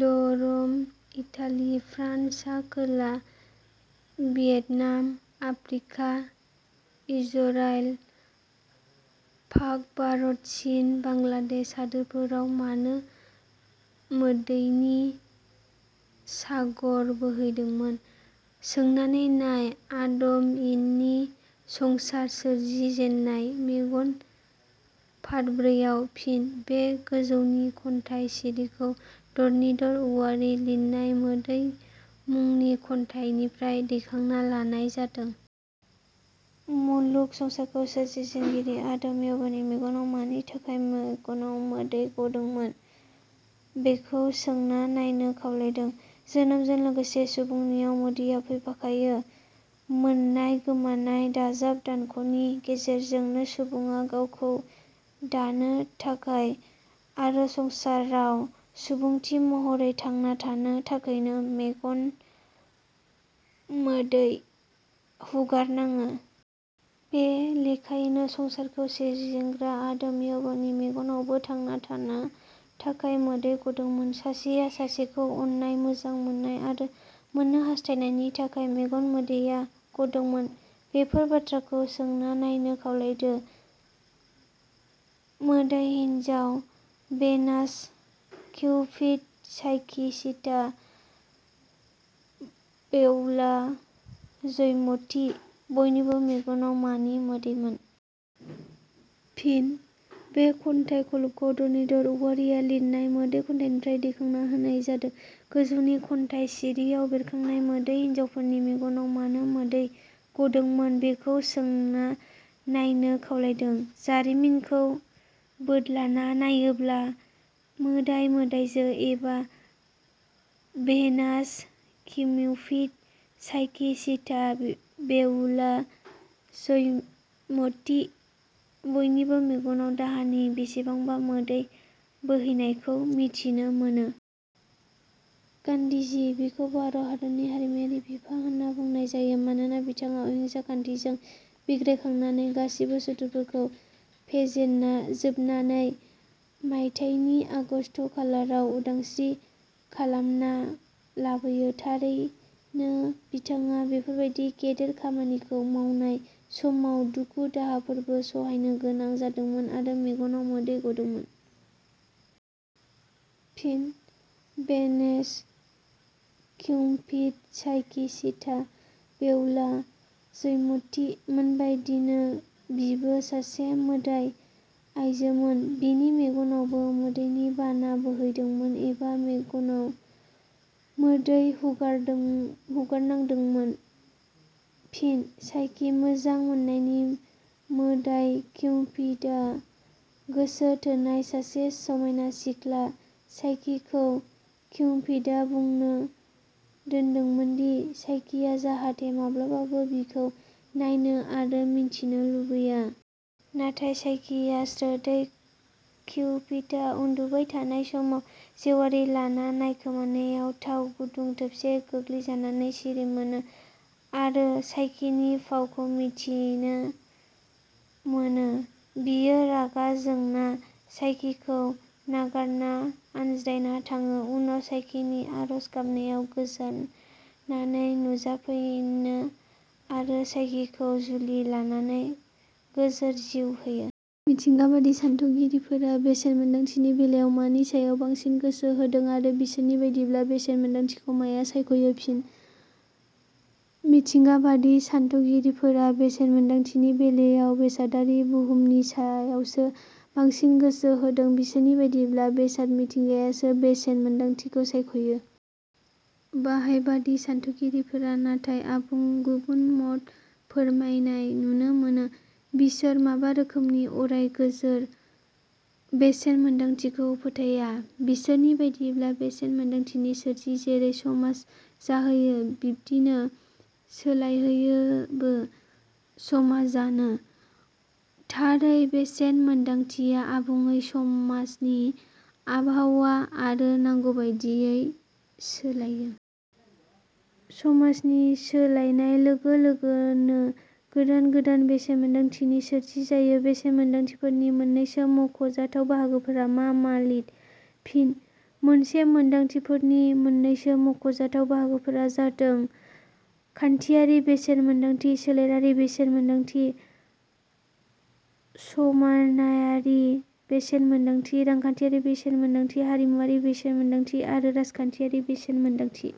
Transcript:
घ रम, Italy, France, सा खोला भियेटनाम, आफ्रिका, इजराइल, पाक-भारत-चीन, बांलादेश हादोरफ्राव मानो मोदैनि सागर बोहैदोंमोन? "सोंनानै नाय आदम- इनि संसार सोरजि जेन्नाय मेगन फारब्रैयाव। " फिन: बे गोजौनि खन्थाइ सिरिखौ धरणीधर औवारिया लिरनाय 'मोदै' मुंनि खन्थाइनिफ्राय दैखांना लानाय जादों। मुलुग संसारखौ सोरजिजेनगिरि आदम-इभनि मेगनाव मानि थाखाय मेगनाव मोदै गदोंमोन बेखौ सोंना नायनो खावलायदों। जोनोमजों लोगोसे सुबुंनियाव मोदैया फैफाखायो। मोननाय-गोमानाय, दाजाब-दानख 'नि गेजेरजोंनो सुबुङा गावखौ दानो थाखै आरो संसाराव सुबुंथि महरै थांना थानो थाखैनो मेगन गोदै हुगार नाङो। बे लेखायैनो संसारखौ सोरजिजेनग्रा आदम-इभनि मेगनावबो थांना थानो थाखाय मोदै गदोंमोन। सासेया सासेखौ अननाय मोजां मोननाय आरो मोननो हास्थायनायनि थाखै मेगन मोदैया गदोंमोन। बेफोर बाथ्राखौ सोंना नायनो खावलायदो। मोदाय हिन्जाव Venus, Cupid, Psyche Sita, Behula, Joymoti बयनिबो मेगनाव मानि मोदैमोन? " फिन: बे खन्थाइ खलबखौ धरणीधर औवारिया लिरनाय 'मोदै' खन्थाइनिफ्राय दैखांना होनाय जादों। गोजौनि खन्थाइ सिरियाव बेरखांनाय मोदाय हिन्जावफोरनि मेगनाव मानो मोदै गदोंमोन बेखौ सोंना नायनो खावलायदों। जारिमिनखौ बोदलाना नायोब्ला मोदाय-मोदायजो एबा Venus, Cupid, Psyche, Sita, Behula, Joymoti बयनिबो मेगनाव दाहानि बेसेबांबा मोदै बोहैनायखौ मिथिनो मोनो। फिन: गान्धीजी: बिखौ भारत हादोरनि हारिमायारि बिफा होनना बुंनाय जायो। मानोना बिथाङा अहिंसा खान्थिजों बिग्रायखांनानै गासैबो सुथुरफोरखौ फेनजोबनाने मायथाइनि आगष्ट खालाराव उदांस्रि खालामना लाबोयो। थारैनो बिथाङा बेफोरबादि गेदेर खामानिखौ मावनाय समाव दुख-दाहाफोरखौबो सहायनो गोनां जादोंमोन आरो मेगनाव गदोंमोन। फिन: Venus: Cupid, Psyche, Sita, Behula, Joymoti मोनबायदिनो बिबो सासे मोदाय आइजोमोन। बिनि मेगनावबो मोदैनि बाना बोहैदोंमोन एबा मेगनाव मोदै हुगारनांदोंमोन। फिन: चाइकी: मोजां मोननायनि मोदाय किउपिदा गोसो थोनाय सासे समायना सिख्ला। चाइकीखौ किउपिदा बुंना दोनदोंमोनदि चाइकीया जाहाथे माब्लाबाबो बिखौ नायनो आरो मिथिनो लुबैया। नाथाय चाइकीया स्रोदयै किउपिदा उन्दुबाय थानाय समाव जेवारि लाना नायखोमानायाव थाव गुदुं थोबसे गोग्लैजानानै सिरिमोनो आरो चाइकीनि फावखौ मिथिनो मोनो। बियो रागा जोंना चाइकीखौ नागारना आनज्रायना थाङो। उनाव चाइकीनि आरज गाबनायाव गोजोननानै नुजाफैफिनो आरो चाइकीखौ जुलि लानानै गोजोर जिउ होयो। मिथिंगाबादि सानथौगिरिफोरा बेसेन मोन्दांथिनि बेलायाव मानि सायाव बांसिन गोसो होदों आरो बिसोरनि बादिब्ला बेसेन मोन्दांथिखौ माया सायखयो? फिनः मिथिंगाबादि सानथौगिरिफोरा बेसेन मोन्दांथिनि बेलायाव बेसादारि बहुमनि सायावसो बांसिन गोसो होदों। बिसोरनि बादिब्ला, बेसाद मिथिंगायासो बेसेन मोनदांथिखौ सायख'यो। बाहायबादि सानथौगिरिफोरा नाथाय आबुं गुबुन मत फोरमायनाय नुनो मोनो। बिसोर माबा रोखोमनि अराय गोजोर बेसेन मोन्दांथिखौ फोथाया। बिसोरनि बादिब्ला, बेसेन मोन्दांथिनि सोरजि जेरै समाज जाहोयो, बिब्दिनो सोलायहोयोबो समाजानो। थारै बेसेन मोन्दांथिया आबुङै समाजनि आबहावा आरो नांगौबादियै सोलाइयो। समाजनि सोलायनाय लोगो लोगोनो गोदान गोदान बेसेन मोन्दांथिनि सोरजि जायो। बेसेन मोन्दांथिफोरनि मोन्नैसो मख 'जाथाव बाहागोफोरा मा मा लिर। फिनः बेसेन मोन्दांथिफोरनि मोननैसो मख 'जाथाव बाहागोफोरा जादों- खान्थियारि बेसेन मोन्दांथि, सोलेरारि बेसेन मोन्दांथि समानायारि बेसेन मोन्दांथि रांखान्थियारि बेसेन मोन्दांथि हारिमुवारि बेसेन मोन्दांथि आरो राजखान्थियारि बेसेन मोन्दांथि।